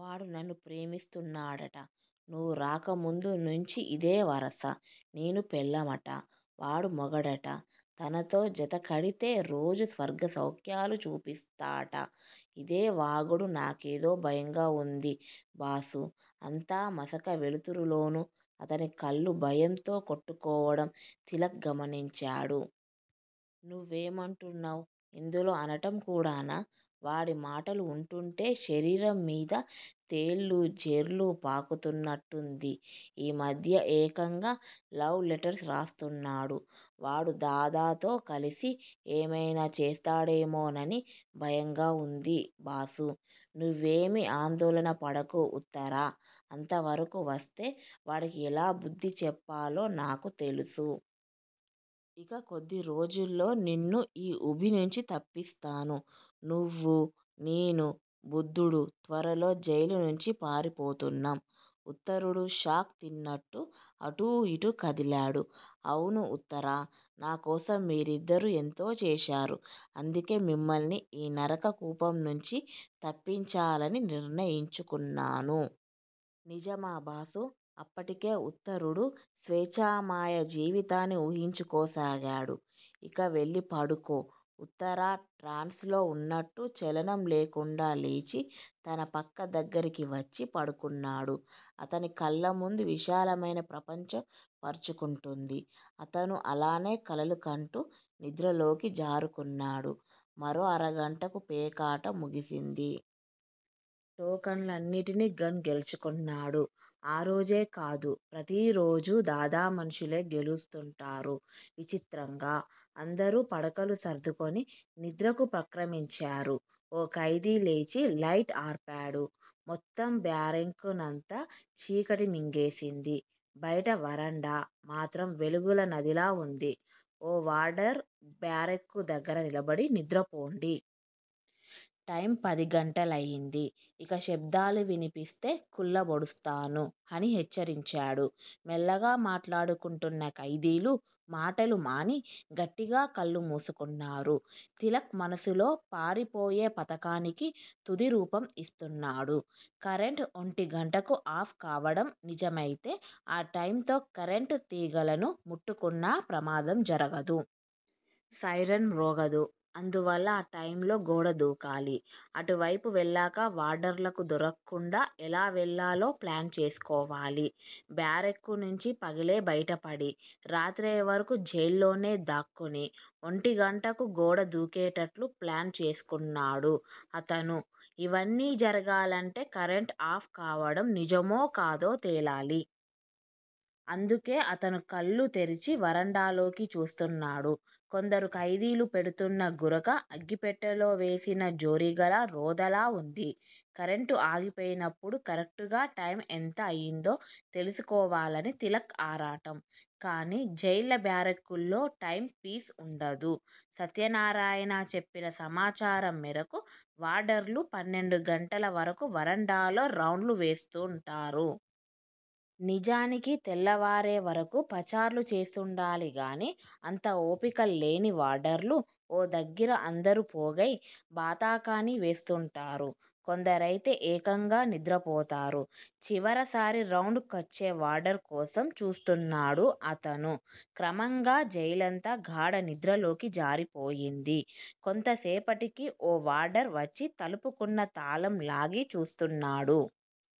వాడు నన్ను ప్రేమిస్తున్నాడట. నువు రాక ముందు నుంచీ ఇదే వరస. నేను పెళ్ళామట, వాడు మొగుడట. తనతో జతకడితే రోజూ స్వర్గసౌఖ్యాలు చూపిస్తాట. ఇదే వాగుడు. నాకేదో భయంగా వుంది బాసూ అంత మసక వెలుతురులోనూ అతని కళ్ళు భయంతో కొట్టుకోవడం తిలక్ గమనించాడు. నువ్వేమంటున్నావ్? ఇందులో అనటం కూడానా! వాడి మాటలు వుంటుంటే శరీరం మీద తేళ్ళూ జెర్లూ పాకుతున్నట్టుంది. ఈ మధ్య ఏకంగా లవ్ లెటర్స్ రాస్తున్నాడు. వాడు దాదాతో కలిసి ఏమైనా చేస్తాడేమోనని భయంగా వుంది బాసూ. నువ్వేమీ ఆందోళనపడకు ఉత్తరా, అంతవరకూ వస్తే వాడికి ఎలా బుద్ధి చెప్పాలో నాకు తెలుసు. ఇక కొద్ది రోజుల్లో నిన్ను ఈ ఊబినుంచి తప్పిస్తాను. నువ్వూ, నేను, బుద్ధుడు త్వరలో జైలునుంచి పారిపోతున్నాం. ఉత్తరుడు షాక్ తిన్నట్టు అటూ ఇటూ కదిలాడు. అవును ఉత్తరా. నాకోసం మీరిద్దరూ ఎంతో చేశారు. అందుకే మిమ్మల్ని ఈ నరక కూపం నుంచి తప్పించాలని నిర్ణయించుకున్నాను. నిజమా బాసూ అప్పటికే ఉత్తరుడు స్వేచ్ఛామయ జీవితాన్ని వూహించుకోసాగాడు. ఇక వెళ్ళిపడుకో ఉత్తరా ట్రాన్స్ లో వున్నట్టు చలనం లేకుండా లేచి తన పక్క దగ్గరికి వచ్చి పడుకున్నాడు. అతని కళ్ళముందు విశాలమైన ప్రపంచం పరుచుకుంటోంది. అతను అలానే కలలు కంటూ నిద్రలోకి జారుకున్నాడు. మరో అరగంటకు పేకాట ముగిసింది. టోకన్లనన్నిటినీ గన్ గెలుచుకున్నాడు. ఆరోజే కాదు ప్రతిరోజూ దాదా మనుషులే గెలుస్తుంటారు విచిత్రంగా. అందరూ పడకలు సర్దుకుని నిద్రకుపక్రమించారు. ఓ ఖైదీలేచి లైట్ ఆర్పాడు. మొత్తం బ్యారెక్కునంతా చీకటి మింగేసింది. బయట వరండా మాత్రం వెలుగుల నదిలా వుంది. ఓ వార్డర్ బ్యారెక్కు దగ్గర నిలబడి నిద్రపోండి. టైమ్ పదిగంటలయింది. ఇక శబ్దాలు వినిపిస్తే కుళ్ళబొడుస్తాను అని హెచ్చరించాడు. మెల్లగా మాట్లాడుకుంటున్న ఖైదీలు మాటలు మాని గట్టిగా కళ్ళు మూసుకున్నారు. తిలక్ మనసులో పారిపోయే పథకానికి తుదిరూపం యిస్తున్నాడు. కరెంట్ ఒంటిగంటకు ఆఫ్ కావడం నిజమైతే ఆ టైమ్ తో కరెంట్ తీగలను ముట్టుకున్నా ప్రమాదం జరగదు. సైరన్ మ్రోగదు. అందువల్ల ఆ టైమ్ లో గోడదూకాలి. అటువైపు వెళ్ళాక వార్డర్లకు దొరక్కుండా ఎలా వెళ్ళాలో ప్లాన్ చేసుకోవాలి. బ్యారెక్కు నుంచి పగలే బయటపడి, రాత్రయ్యేవరకు జైల్లోనే దాక్కుని ఒంటిగంటకు గోడ దూకేటట్లు ప్లాన్ చేసుకున్నాడు అతను. ఇవన్నీ జరగాలంటే కరెంట్ ఆఫ్ కావడం నిజమోకాదో తేలాలి. అందుకే అతను కళ్ళు తెరిచి వరండాలోకి చూస్తున్నాడు. కొందరు ఖైదీలు పెడుతున్న గురక అగ్గిపెట్టెలో వేసిన జోరీగల రొదలా వుంది. కరెంట్ ఆగిపోయినప్పుడు కరెక్టుగా టైమ్ ఎంత అయిందో తెలుసుకోవాలని తిలక్ ఆరాటం. కానీ జైళ్ళ బ్యారెక్కుల్లో టైమ్ పీస్ వుండదు. సత్యనారాయణ చెప్పిన సమాచారం మేరకు వార్డర్లు పన్నెండు గంటల వరకు వరండాలో రౌండ్లు వేస్తుంటారు. నిజానికి తెల్లవారే వరకూ పచార్లు చేస్తుండాలిగాని అంత ఓపికల్లేని వార్డర్లు ఓ దగ్గిర అందరూ పోగయి బాతాఖానీ వేస్తుంటారు. కొందరైతే ఏకంగా నిద్రపోతారు. చివరిసారి రౌండ్ కొచ్చే వార్డర్ కోసం చూస్తున్నాడు అతను. క్రమంగా జైలంతా గాఢనిద్రలోకి జారిపోయింది. కొంతసేపటికి ఓ వార్డర్ వచ్చి తలుపుకున్న తాళం లాగి చూస్తున్నాడు.